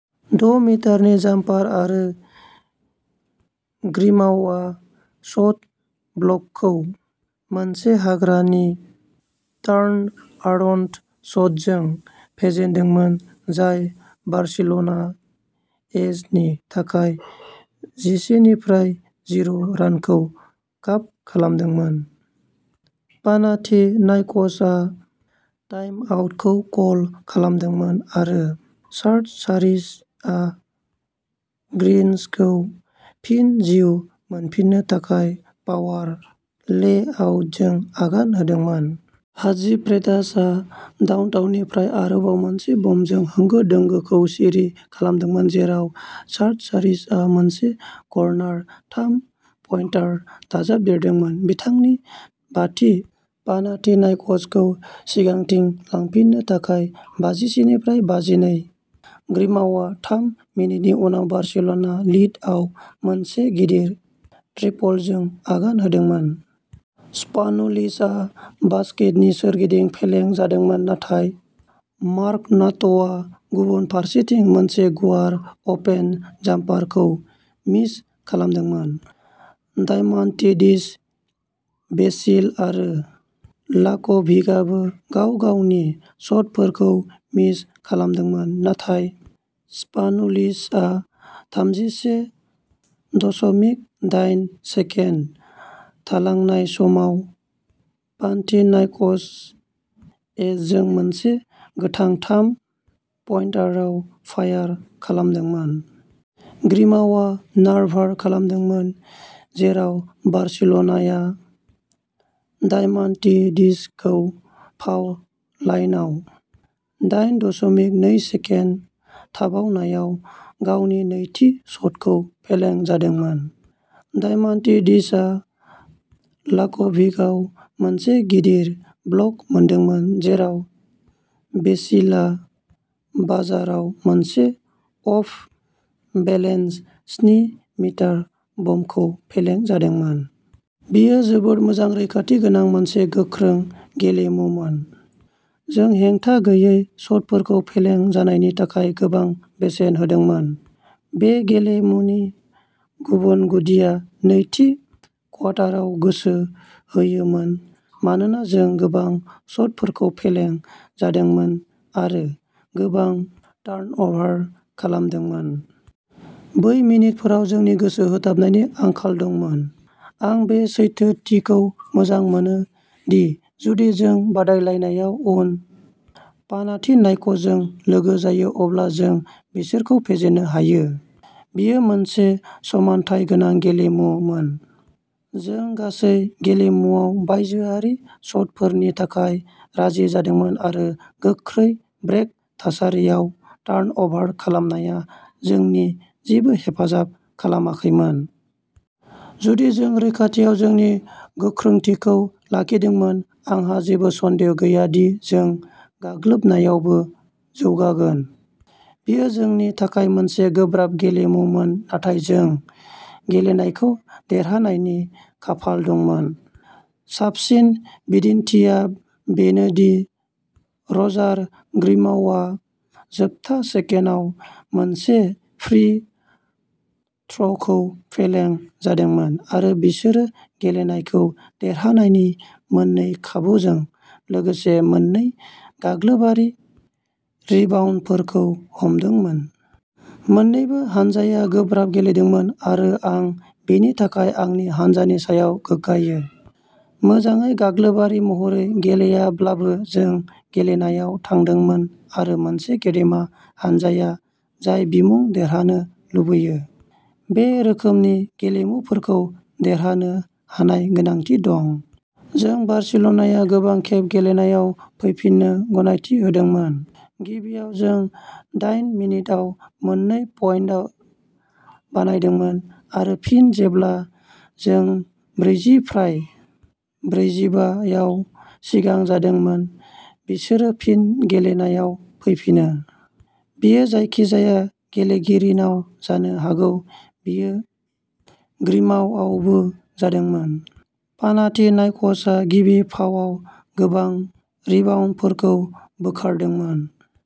द'मिटारनि जाम्पार आरो ग्रिमाउआ शट क्ल'कखौ मोनसे हाग्रानि टार्नआरन्ड शटजों फेजेनदोंमोन जाय बार्सिल'ना एजनि थाखाय जिसेनिफ्राय जिर' रानखौ काप खालामदोंमोन। पानाथिनाइक'सआ टाइमआउटखौ कल खालामदोंमोन आरो सार्टसारिसआ ग्रीन्सखौ फिन जिउ मोनफिन्नो थाखाय पावार लेआउटजों आगान होदोंमोन। हाटजिभ्रेटासआ डाउनटाउननिफ्राय आरोबाव मोनसे बमजों होंगो दोंगोखौ सिरि खालामदोंमोन जेराव सार्टसारिसआ मोनसे कर्नार थाम-पइन्टार दाजाबदेरदोंमोन बिथांनि बाथि पानाथिनाइक'सखौ सिगांथिं लांफिन्नो थाखाय बाजिसेनिफ्राय बाजिनै ग्रिमाउआ थाम मिनिटनि उनाव बार्सिल'ना लिडआव मोनसे गिदिर ट्रिपलजों आगान होदोंमोन। स्पानुलिसआ बास्केटनि सोरगिदिं फेलें जादोंमोन नाथाय मार्क'नाट'आ गुबुन फारसेथिं मोनसे गुवार अपेन जाम्पारखौ मिस खालामदोंमोन। डायमान्टिडिस बेसिल आरो लाक'भिकआबो गाव-गावनि शटफोरखौ मिस खालामदोंमोन नाथाय स्पानुलिसआ थामजिसे दशमिक दाइन सेकेन्ड थालांनाय समाव पानथिनाइक'स एजजों मोनसे गोनां थाम पइन्टारआव फायार खालामदोंमोन। ग्रिमाउआ टार्नभार खालामदोंमोन जेराव बार्सिल'नाया डायमान्टिडिसखौ फाउ लाइनआव, दाइन दशमिक नै सेकेन्ड थाबावनायाव गावनि नैथि शटखौ फेलें जादोंमोन। डायमान्टिडिसआ लाक'भिकआव मोनसे गिदिर ब्लक मोनदोंमोन जेराव बेसिलआ बाजारआव मोनसे अफ-बेलेन्स स्नि मिटार बमखौ फेलें जादोंमोन। "बियो जोबोद मोजां रैखाथि गोनां मोनसे गोख्रों गेलेमुमोन। जों हेंथा गैयै शटफोरखौ फेलें जानायनि थाखाय गोबां बेसेन होदोंमोन। बे गेलेमुनि गुबुन गुदिआ नैथि क्वार्टाराव गोसो होयिमोन मानोना जों गोबां शटफोरखौ फेलें जादोंमोन आरो गोबां टार्नअभार खालामदोंमोन। बै मिनिटफोराव जोंनि गोसो होथाबनायनि आंखाल दंमोन। आं बे सैथोथिखौ मोजां मोनो दि जुदि जों बादायलायनायाव अल पानाथिनाइकजों लोगो जायो अब्ला जों बिसोरखौ फेजेननो हायो। बेयो मोनसे समानथाय गोनां गेलेमुमोन। जों गासै गेलेमुआव बायजोआरि शटफोरनि थाखाय राजि जादोंमोन आरो गोख्रै ब्रेक थासारियाव टार्नअभार खालामनाया जोंनि जेबो हेफाजाब खालामाखैमोन। जुदि जों रैखाथियाव जोंनि गोख्रोंथिखौ लाखिदोंमोन आंहा जेबो सन्देह गैया दि जों गाग्लोबनायावबो जौगागोन।" "बियो जोंनि थाखाय मोनसे गोब्राब गेलेमुमोन नाथाय जों गेलेनायखौ देरहानायनि खाफाल दंमोन। साबसिन बिदिन्थिआ बेनो दि रजार ग्रिमाउआ जोबथा सेकेन्डआव मोनसे फ्री थ्र'खौ फेलें जादोंमोन आरो बिसोरो गेलेनायखौ देरहानायनि मोननै खाबुजों लोगोसे मोन्नै गाग्लोबारि रिबाउन्डफोरखौ हमदोंमोन। मोन्नैबो हानजाया गोब्राब गेलेदोंमोन आरो आं बेनि थाखाय आंनि हानजानि सायाव गोग्गायो। मोजाङै गाग्लोबारि महरै गेलेयाब्लाबो जों गेलेनायाव थांदोंमोन आरो मोनसे गेदेमा हानजाया जाय बिमुं देरहानो लुबैयो, बे रोखोमनि गेलेमुफोरखौ देरहानो हानाय गोनांथि दं। जों बार्सिल'नाया गोबां खेब गेलेनायाव फैफिननो गनायथि होदोंमोन। गिबियाव जों दाइन मिनिटआव मोननै पइन्ट बानायदोंमोन आरो फिन जेब्ला जों ब्रैजिफ्राय ब्रैजिबा आव सिगां जादोंमोन बिसोरो फिन गेलेनायाव फैफिनो। बियो जायखिजाया गेलेगिरिनाव जानो हागौ बियो ग्रिमाउआवबो जादोंमोन। पानाथिनाइक'सआ गिबि फावआव गोबां रिबाउन्डफोरखौ बोखारदोंमोन।